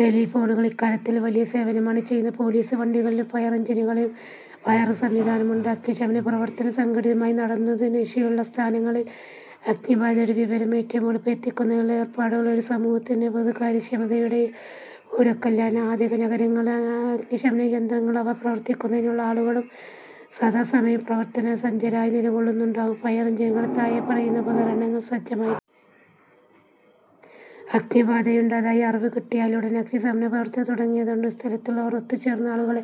ടെലിഫോണുകൾ ഇക്കാര്യത്തിൽ വലിയ സേവനമാണു ചെയ്യുന്നത്. പൊലീസുവണ്ടികളിലും ഫയർ എൻജിനുകളിലും വയർലസ് സംവിധാനമുണ്ട്. അഗ്നിശമനപ്രവർത്തനം സംഘടിതമായി നടത്തുന്നതിനുശേഷിയുള്ള സ്ഥാനങ്ങളിൽ അഗ്നിബാധയുടെ വിവരം ഏറ്റവും എളുപ്പം എത്തിക്കുന്നതിനുള്ള ഏർപ്പാടുകൾ ഒരു സമൂഹത്തിന്റെ പൊതുക്കാര്യക്ഷമതയുടെ ഉരകല്ലാണ്.. ആധുനികനഗരങ്ങളിൽ അഗ്നിശമനയന്ത്രങ്ങളും അവ പ്രവർത്തിപ്പിക്കുന്നതിനുള്ള ആളുകളും സദാസമയവും പ്രവർത്തനസജ്ജരായി നിലകൊള്ളുന്നുണ്ടാകും. ഫയർ എൻജിനുകളിൽ താഴെ പറയുന്ന ഉപകരണങ്ങൾ സജ്ജമായിരിക്കും. അഗ്നിബാധയുണ്ടായതായി അറിവുകിട്ടിയാലുടൻ അഗ്നിശമനപ്രവർത്തനങ്ങൾ തുടങ്ങേണ്ടതാണ്. സ്ഥലത്തുള്ളവർ ഒത്തുചേർന്ന് ആളുകളെ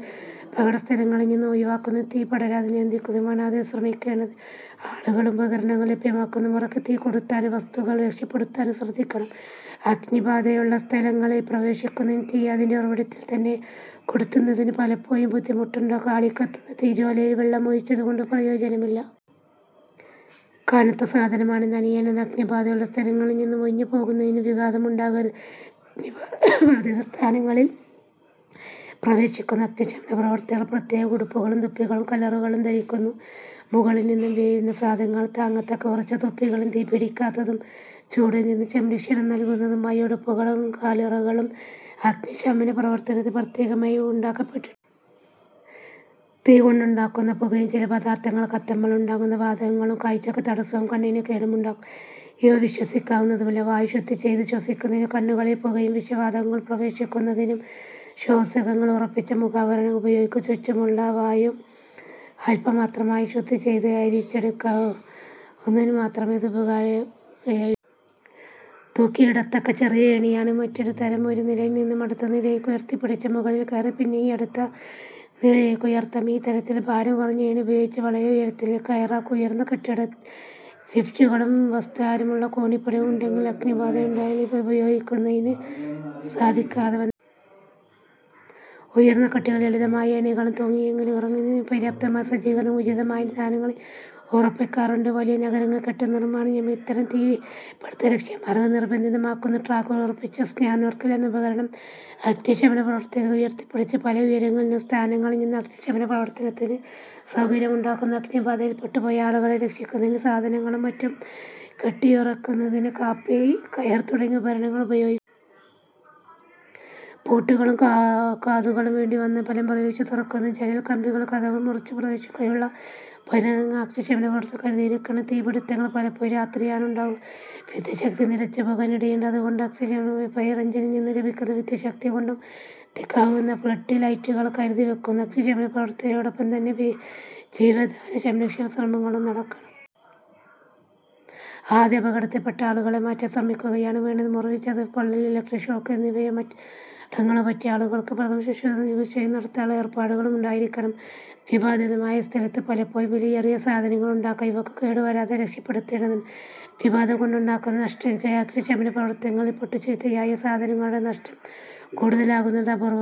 അപകടസ്ഥലങ്ങളിൽനിന്നും ഒഴിവാക്കുന്നതിനും തീ പടരാതെ നിയന്ത്രിക്കുന്നതിനുമാണ് ആദ്യം ശ്രമിക്കേണ്ടത്. ആളുകളും ഉപകരണങ്ങളും ലഭ്യമാകുന്ന മുറയ്ക്ക് തീ കെടുത്താനും വസ്തുവകകൾ രക്ഷപ്പെടുത്താനും ശ്രദ്ധിക്കണം. അഗ്നിബാധയുള്ള സ്ഥലങ്ങളിൽ പ്രവേശിക്കുന്നതിനും തീ അതിന്റെ ഉറവിടത്തിൽതന്നെ കെടുത്തുന്നതിനും പലപ്പോഴും ബുദ്ധിമുട്ടുണ്ടാകും. ആളിക്കത്തുന്ന തീജ്വാലയിൽ വെള്ളമൊഴിച്ചതുകൊണ്ട് പ്രയോജനമില്ല. കത്തുന്ന സാധനമാണ് നനയേണ്ടത്. അഗ്നിബാധയുള്ള സ്ഥലങ്ങളിൽ നിന്നും ഒഴിഞ്ഞുപോകുന്നതിനു വിഘാതം ഉണ്ടാകരുത്. അഗ്നിബാധിത സ്ഥാനങ്ങളിൽ പ്രവേശിക്കുന്നതിന് അഗ്നിശമന പ്രവർത്തകർ പ്രത്യേക ഉടുപ്പുകളും തൊപ്പികളും കാലുറകളും ധരിക്കുന്നു. മുകളിൽനിന്നു വീഴുന്ന സാധനങ്ങൾ താങ്ങത്തക്ക ഉറച്ച തൊപ്പികളും തീ പിടിക്കാത്തതും ചൂടിൽനിന്നും സംരക്ഷണം നല്കുന്നതും ആയ ഉടുപ്പുകളും കാലുറകളും അഗ്നിശമന പ്രവർത്തനത്തിന് പ്രത്യേകമായി ഉണ്ടാക്കപ്പെട്ടിട്ടുണ്ട്. തീ കൊണ്ടുണ്ടാകുന്ന പുകയും ചില പദാർഥങ്ങൾ കത്തുമ്പോൾ ഉണ്ടാകുന്ന വാതകങ്ങളും കാഴ്ചയ്ക്ക് തടസ്സവും കണ്ണിനു കേടും ഉണ്ടാക്കും. ഇവ ശ്വസിക്കാവുന്നതുമല്ല. വായു ശുദ്ധിചെയ്തു ശ്വസിക്കുന്നതിനും കണ്ണുകളിൽ പുകയും വിഷവാതകങ്ങളും പ്രവേശിക്കാതിരിക്കുന്നതിനും ശ്വാസകങ്ങൾ ഉറപ്പിച്ച മുഖാവരണങ്ങൾ ഉപയോഗിക്കുന്നു. ചുറ്റും ഉള്ള വായു അല്പമാത്രമായി ശുദ്ധിചെയ്ത് അരിച്ചെടുക്കുന്നതിനുമാത്രമേ ഇതുപകരിക്കയുള്ളു. തൂക്കിയിടത്തക്ക ചെറിയ ഏണിയാണ് മറ്റൊരുതരം. ഒരു നിലയിൽ നിന്നും അടുത്ത നിലയിലേക്കുയർത്തിപ്പിടിച്ച് മുകളിൽ കയറി പിന്നെയും അടുത്ത നിലയിലേക്കുയർത്താം. ഈ തരത്തിൽ ഭാരം കുറഞ്ഞ ഏണി ഉപയോഗിച്ച് വളരെ ഉയരത്തിൽ കയറാം. ഉയർന്ന കെട്ടിടങ്ങളിൽ ലിഫ്റ്റുകളും വിസ്താരമുള്ള കോണിപ്പടികളും ഉണ്ടെങ്കിലും അഗ്നിബാധയുണ്ടായാൽ ഇവ ഉപയോഗിക്കുന്നതിനു സാധിക്കാതെ വന്നേക്കാം. ഉയർന്ന കെട്ടിടങ്ങളിൽ ലളിതമായ ഏണികളും, തൂങ്ങിയെങ്കിലും ഇറങ്ങുന്നതിനു പര്യാപ്തമായ സജ്ജീകരണങ്ങളും ഉചിതമായ സ്ഥാനങ്ങളിൽ ഉറപ്പിക്കാറുണ്ട്. വലിയ നഗരങ്ങളിലെ കെട്ടിടനിർമ്മാണനിയമങ്ങൾ ഇത്തരം തീ പിടിത്ത-രക്ഷാമാർഗങ്ങൾ നിർബന്ധിതമാക്കുന്നു. ട്രക്കുകളിൽ ഉറപ്പിച്ച സ്നോർക്കൽ എന്ന ഉപകരണം അഗ്നിശമനപ്രവർത്തകരെ ഉയർത്തിപ്പിടിച്ച് പല ഉയരങ്ങളിൽ നിന്നും സ്ഥാനങ്ങളിൽ നിന്നും അഗ്നിശമനപ്രവർത്തനത്തിനു സൌകര്യമുണ്ടാക്കുന്നു. അഗ്നിബാധയിൽപെട്ടുപോയ ആളുകളെ രക്ഷിക്കുന്നതിനും സാധനങ്ങളും മറ്റും കെട്ടിയിറക്കുന്നതിനും കപ്പി, കയർ തുടങ്ങിയ ഉപകരണങ്ങൾ ഉപയോഗിക്കുന്നു. പൂട്ടുകളും കതകുകളും വേണ്ടിവന്നാൽ ബലംപ്രയോഗിച്ച് തുറക്കുന്നതിനും ജനൽക്കമ്പികളും കതകുകളും മുറിച്ച് പ്രവേശിക്കുന്നതിനും ഉള്ള ഉപകരണങ്ങൾ അഗ്നിശമനപ്രവർത്തകർ കരുതിയിരിക്കണം. തീ പിടിത്തങ്ങൾ പലപ്പോഴും രാത്രിയാണുണ്ടാകുക; വിദ്യുച്ഛക്തി നിലച്ചുപോകാൻ ഇടയുണ്ട്. അതുകൊണ്ട് അഗ്നിശമനപ്രവർത്തകർ ഫയർ എൻജിനിൽനിന്നും ലഭിക്കുന്ന വിദ്യുച്ഛക്തികൊണ്ടു കത്തിക്കാവുന്ന ഫ്ളഡ് ലൈറ്റുകൾ കരുതിവയ്ക്കുന്നു. അഗ്നിശമനപ്രവർത്തനത്തോടൊപ്പം തന്നെ ജീവധനസംരക്ഷണശ്രമങ്ങളും നടക്കണം. ആദ്യം അപകടത്തിൽപ്പെട്ട ആളുകളെ മാറ്റാൻ ശ്രമിക്കുകയാണു വേണ്ടത്. മുറിവ്, ചതവ്, പൊള്ളൽ, ഇലക്ട്രിക് ഷോക്ക് എന്നിവയോ മറ്റപകടങ്ങളോ പറ്റിയ ആളുകൾക്ക് പ്രഥമശുശ്രൂഷയും ചികിത്സയും നടത്താനുള്ള ഏർപ്പാടുകളും ഉണ്ടായിരിക്കണം. അഗ്നിബാധിതമായ സ്ഥലത്തു പലപ്പോഴും വിലയേറിയ സാധനങ്ങൾ ഉണ്ടാകാം. ഇവയ്ക്ക് കേടുവരാതെ രക്ഷപ്പെടുത്തേണ്ടതുണ്ട്. അഗ്നിബാധകൊണ്ടുണ്ടാകുന്ന നഷ്ടത്തെക്കാൾ അഗ്നിശമനപ്രവർത്തനത്തിൽപ്പെട്ടു ചീത്തയായ സാധനങ്ങളുടെ നഷ്ടം കൂടുതലാകുന്നത് അപൂർവമല്ല.